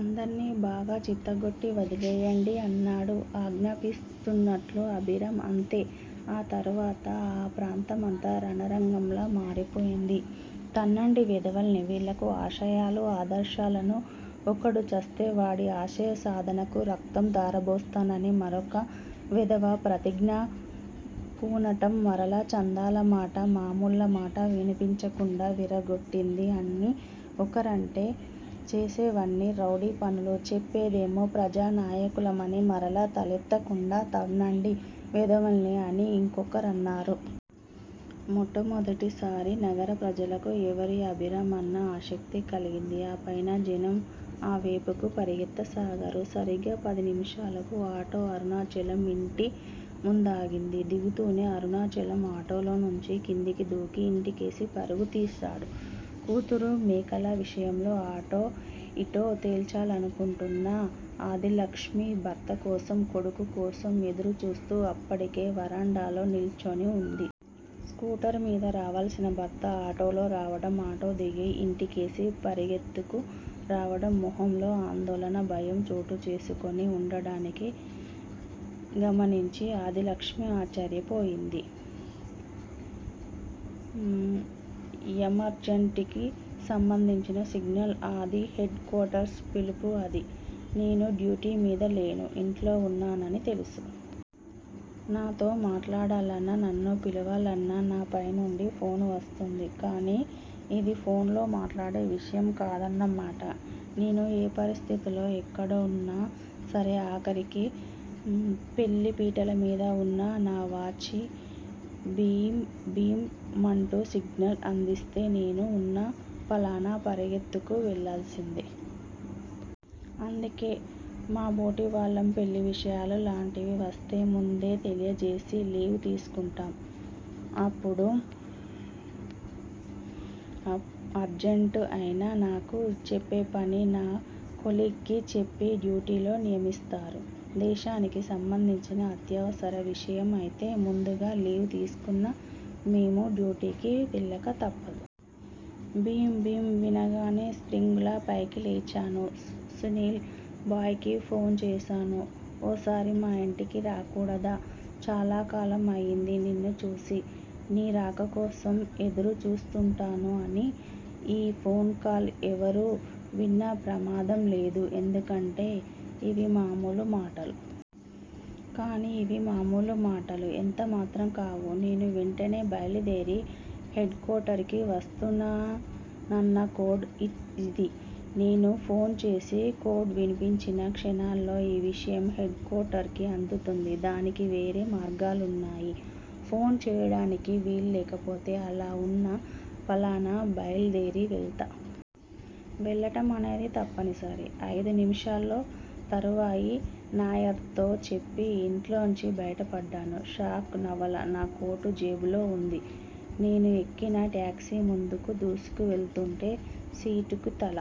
అందర్నీ బాగా చితగ్గొట్టి వదిలేయండి అన్నాడు అజ్ఞాపిస్తున్నట్లు అభిరామ్. అంతే-ఆ తర్వాత ఆ ప్రాంతమంతా రణరంగంలా మారిపోయింది. తన్నండీ వెధవల్ని. వీళ్ళకు ఆశయాలు, ఆదర్శాలనూ! ఒకడు చస్తే వాడి ఆశయ సాధనకు రక్తం ధారబోస్తానని మరోక వెధవ ప్రతిజ్ఞ పూనటం మరలా చందాల మాట, మామూళ్ళు మాట వినిపించకుండా విరగ్గొట్టీ అని ఒకరంటే- చేసేవన్నీ రౌడీ పనులు చెప్పేదేమో ప్రజా నాయకులమని మరలా తలెత్తకుండా తన్నండి వెధవల్ని అని ఇంకొకరన్నారు. మొట్టమొదటిసారి నగర ప్రజలకు ఎవరీ అభిరామ్ అన్న ఆసక్తి కలిగింది. ఆపైన జనం ఆ వేపుకి పరిగెత్తసాగారు. సరిగ్గా పది నిముషాలకు ఆటో అరుణాచలం ఇంటి ముందాగింది. దిగుతూనే అరుణాచలం ఆటోలోనుంచి కిందికి దూకి ఇంటికేసి పరుగు తీశాడు. కూతురు మేఖల విషయం అటో యిటో తేల్చాలనుకుంటున్న ఆదిలక్ష్మి భర్త కోసం, కొడుకు కోసం యెదురు చూస్తూ అప్పడికే వరండాలో నిల్చొని వుంది. స్కూటర్ మీద రావాల్సిన భర్త ఆటోలో రావడం, ఆటో దిగి ఇంటికేసి పరుగెత్తుకు రావడం, మొహంలో ఆందోళన, భయం చోటుచేసుకుని వుండడానికి గమనించి ఆదిలక్ష్మి ఆశ్చర్యపోయింది. యమర్జంట్ కి సంబంధించిన సిగ్నల్ ఆది. హెడ్ కోర్టర్స్ పిలుపు అది. నేను డ్యూటీమీద లేను. ఇంట్లో వున్నానని తెలుసు. నాతో మాట్లాడాలన్నా నన్ను పిలవాలన్నా నా పై నుండి ఫోను వస్తుంది. కానీ ఇది ఫోనైలో మాట్లాడే విషయం కాదన్న మాట. నేను ఏ పరిస్థితులలో ఎక్కడవున్నా సరే ఆఖరికి పెళ్ళి పీటలమీద వున్నా నా వాచీ బీమ్ బీమ్ మంటూ సిగ్నల్ అందిస్తే నేను వున్న పళాన పరుగెత్తుకు వెళ్ళాల్సిందే. అందుకే మాబోటివాళ్ళం పెళ్ళివిషయాలు లాంటివి వస్తే ముందే తెలియజేసి లీవ్ తీసుకుంటాం. అప్పుడు ఆ అర్జంట్ అయినా నాకు చెప్పే పని నా కొలీగ్ కి చెప్పి డ్యూటీలో నియమిస్తారు. దేశానికి సంబంధించిన అత్యవసర విషయం అయితే ముందుగా లీవ్ తీసుకున్నా మేము డ్యూటీకి వెళ్ళక తప్పదు. బీమ్ బీమ్ వినగానే స్ప్రింగ్ లా పైకిలేచాను. సునీల్ భాయ్ కి ఫోన్ చేశాను. ఓసారి మా ఇంటికి రాకూడదా! చాలాకాలం అయింది నిన్ను చూసి. నీ రాక కోసం ఎదురు చూస్తుంటాను అని. ఈ ఫోన్ కాల్ ఎవరు విన్నా ప్రమాదం లేదు. ఎందుకంటే ఇవి మామూలు మాటలు. కాని ఇవి మామూలు మాటలు ఎంత మాత్రం కావు. నేను వెంటనే బైలుదేరి హెడ్ కోర్టర్ కి వస్తున్నానన్న కోడ్ ఇద్ ఇది. నేను ఫోను చేసి కోడ్ వినిపించిన క్షణాల్లో ఈ విషయం హెడ్ కోర్టర్ కి అందుతుంది. దానికి వేరే మార్గాలున్నాయి. ఫోన్ చేయడానికి వీల్ లేకపోతే అలా వున్న పళాన బైల్దేరి వెళతాం. వెళ్లటం అనేది తప్పని సరి. అయిదు నిమిషాల్లో తయారయి నాయర్ తో చెప్పి ఇంట్లోంచి బయటపడ్డాను. షాక్ నవల నా కోటు జేబులో వుంది. నేను ఎక్కిన టాక్సీ ముందుకు దూసుకు వెళుతుంటే సీటుకి తల